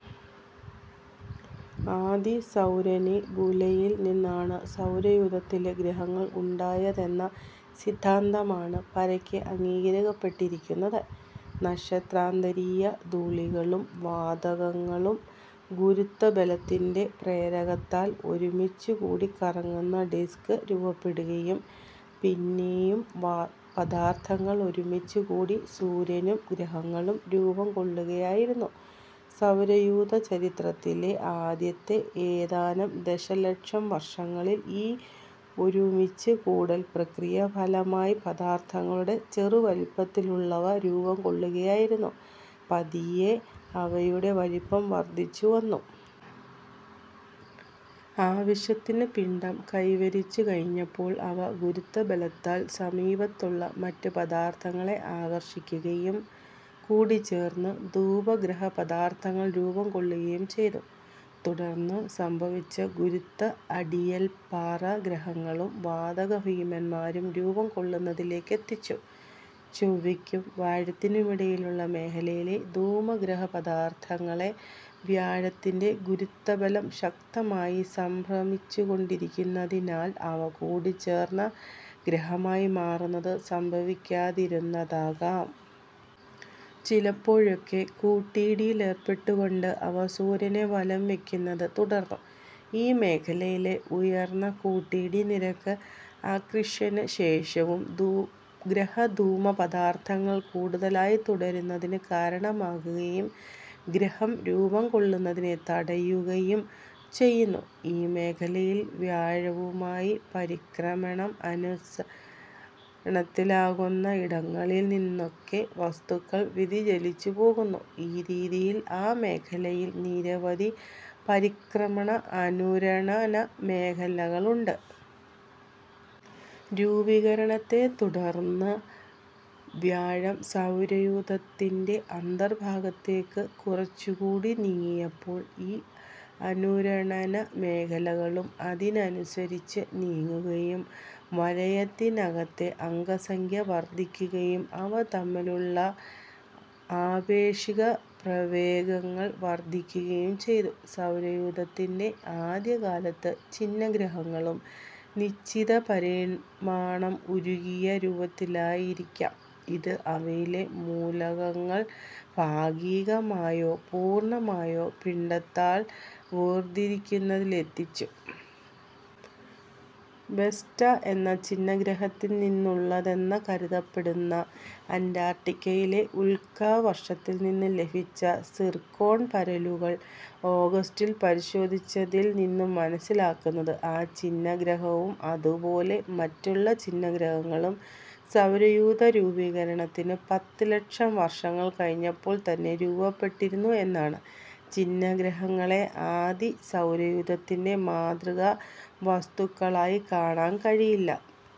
ആദി സൗരനെബുലയിൽ നിന്നാണ് സൗരയൂഥത്തിലെ ഗ്രഹങ്ങൾ ഉണ്ടായതെന്ന സിദ്ധാന്തമാണ് പരക്കെ അംഗീകരിക്കപ്പെട്ടിരിക്കുന്നത്: നക്ഷത്രാന്തരീയ ധൂളികളും വാതകങ്ങളും ഗുരുത്വബലത്തിന്റെ പ്രേരകത്താൽ ഒരുമിച്ച് കൂടി കറങ്ങുന്ന ഡിക്സ് രൂപപ്പെടുകയും പിന്നേയും പദാർത്ഥങ്ങൾ ഒരുമിച്ച് കൂടി സൂര്യനും ഗ്രഹങ്ങളും രൂപം കൊള്ളുകയായിരുന്നു. സൗരയൂഥ ചരിത്രത്തിലെ ആദ്യത്തെ ഏതാനും ദശലക്ഷം വർഷങ്ങളിൽ ഈ ഒരുമിച്ച് കൂടൽ പ്രക്രിയ ഫലമായി പദാർത്ഥങ്ങളുടെ ചെറുവലിപ്പത്തുലുള്ളവ രൂപം കൊള്ളുകയായിരുന്നു, പതിയെ അവയുടെ വലിപ്പം വർദ്ധിച്ചു വന്നു. ആവശ്യത്തിന് പിണ്ഡം കൈവരിച്ചു കഴിഞ്ഞപ്പോൾ അവ ഗുരുത്വബലത്താൽ സമീപത്തുള്ള മറ്റ് പദാർത്ഥങ്ങളെ ആകർഷിക്കുകയും കൂടിച്ചേർന്ന് ധൂമഗ്രഹപദാർത്ഥങ്ങൾ രൂപം കൊള്ളുകയും ചെയ്തു. തുടർന്ന് സംഭവിച്ച ഗുരുത്വ അടിയൽ പാറ ഗ്രഹങ്ങളും വാതക ഭീമന്മാരും രൂപം കൊള്ളുന്നതിലേക്കെത്തിച്ചു. ചൊവ്വയ്ക്കും വ്യാഴത്തിനുമിടയിലുള്ള മേഖലയിലെ ധൂമഗ്രഹപദാർത്ഥങ്ങളെ വ്യാഴത്തിന്റെ ഗുരുത്വബലം ശക്തമായി സംഭ്രമിപ്പിച്ചുക്കൊണ്ടിരുന്നതിനാൽ അവ കൂടിച്ചേർന്ന ഗ്രഹമായി മാറുന്നത് സംഭവിക്കാതിരുന്നതാകാം. ചിലപ്പോഴൊക്കെ കൂട്ടിയിടികളിലേർപ്പെട്ടുകോണ്ട് അവ സൂര്യനെ വലംവയ്ക്കുന്നത് തുടർന്നു. ഈ മേഖലയിലെ ഉയർന്ന കൂട്ടിയിടി നിരക്ക് അക്രീഷന് ശേഷവും ഗ്രഹധൂമപദാർത്ഥങ്ങൾ കൂടുതലായി തുടരുന്നതിന് കാരണമാകുകയും ഗ്രഹം രൂപം കൊള്ളുന്നതിനെ തടയുകയും ചെയ്യുന്നു. ഈ മേഖലയിൽ വ്യാഴവുമായി പരിക്രമണം അനുരണനത്തിലാകുന്ന ഇടങ്ങളിൽ നിന്നൊക്കെ വസ്തുക്കൾ വ്യതിചലിച്ചു പോകുന്നു, ഈ രീതിയിൽ ആ മേഖലയിൽ നിരവധി പരിക്രമണ അനുരണന മേഖലകളുണ്ട്. രൂപീകരണത്തെ തുടർന്ന് വ്യാഴം സൗരയൂഥത്തിന്റെ അന്തർഭാഗത്തേക്ക് കുറച്ച് കൂടി നീങ്ങിയപ്പോൾ ഈ അനുരണന മേഖലകളും അതിനനുസരിച്ച് നീങ്ങുകയും വലയത്തിനകത്തെ അംഗസംഖ്യ വർദ്ധിക്കുകയും അവ തമ്മിലുള്ള ആപേക്ഷിക പ്രാവേഗങ്ങൾ വർദ്ധിക്കുകയും ചെയ്തു. സൗരയൂഥത്തിന്റെ ആദ്യകാലത്ത് ഛിന്നഗ്രഹങ്ങളും നിശ്ചിതപരിമാണം ഉരുകിയ രൂപത്തിലായിരുന്നിരിക്കാം, ഇത് അവയിലെ മൂലകങ്ങൾ ഭാഗികമായോ പൂർണ്ണമായോ പിണ്ഡത്താൽ വേർതിരിക്കുന്നതിലേക്കെത്തിച്ചു. വെസ്റ്റ എന്ന ഛിന്നഗ്രഹത്തിൽ നിന്നുള്ളതെന്ന കരുതപ്പെടുന്ന, അന്റാർട്ടിക്കയിലെ ഉൽക്കാവർഷത്തിൽ നിന്ന് ലഭിച്ച സിർക്കോൺ പരലുകൾ ഓഗസ്റ്റിൽ പരിശോധിച്ചതിൽ നിന്നും മനസ്സിലാകുന്നത് ആ ഛിന്നഗ്രഹവും അതുപോലെ മറ്റുള്ള ഛിന്നഗ്രഹങ്ങളും സൗരയൂഥരൂപീകരണത്തിന് പത്ത് ലക്ഷം വർഷങ്ങൾ കഴിഞ്ഞപ്പോൾ തന്നെ രൂപപ്പെട്ടിരുന്നു എന്നാണ്. ഛിന്നഗ്രഹങ്ങളെ ആദി സൗരയൂഥത്തിന്റെ മാതൃക വസ്തുക്കളായി കാണാൻ കഴിയില്ല.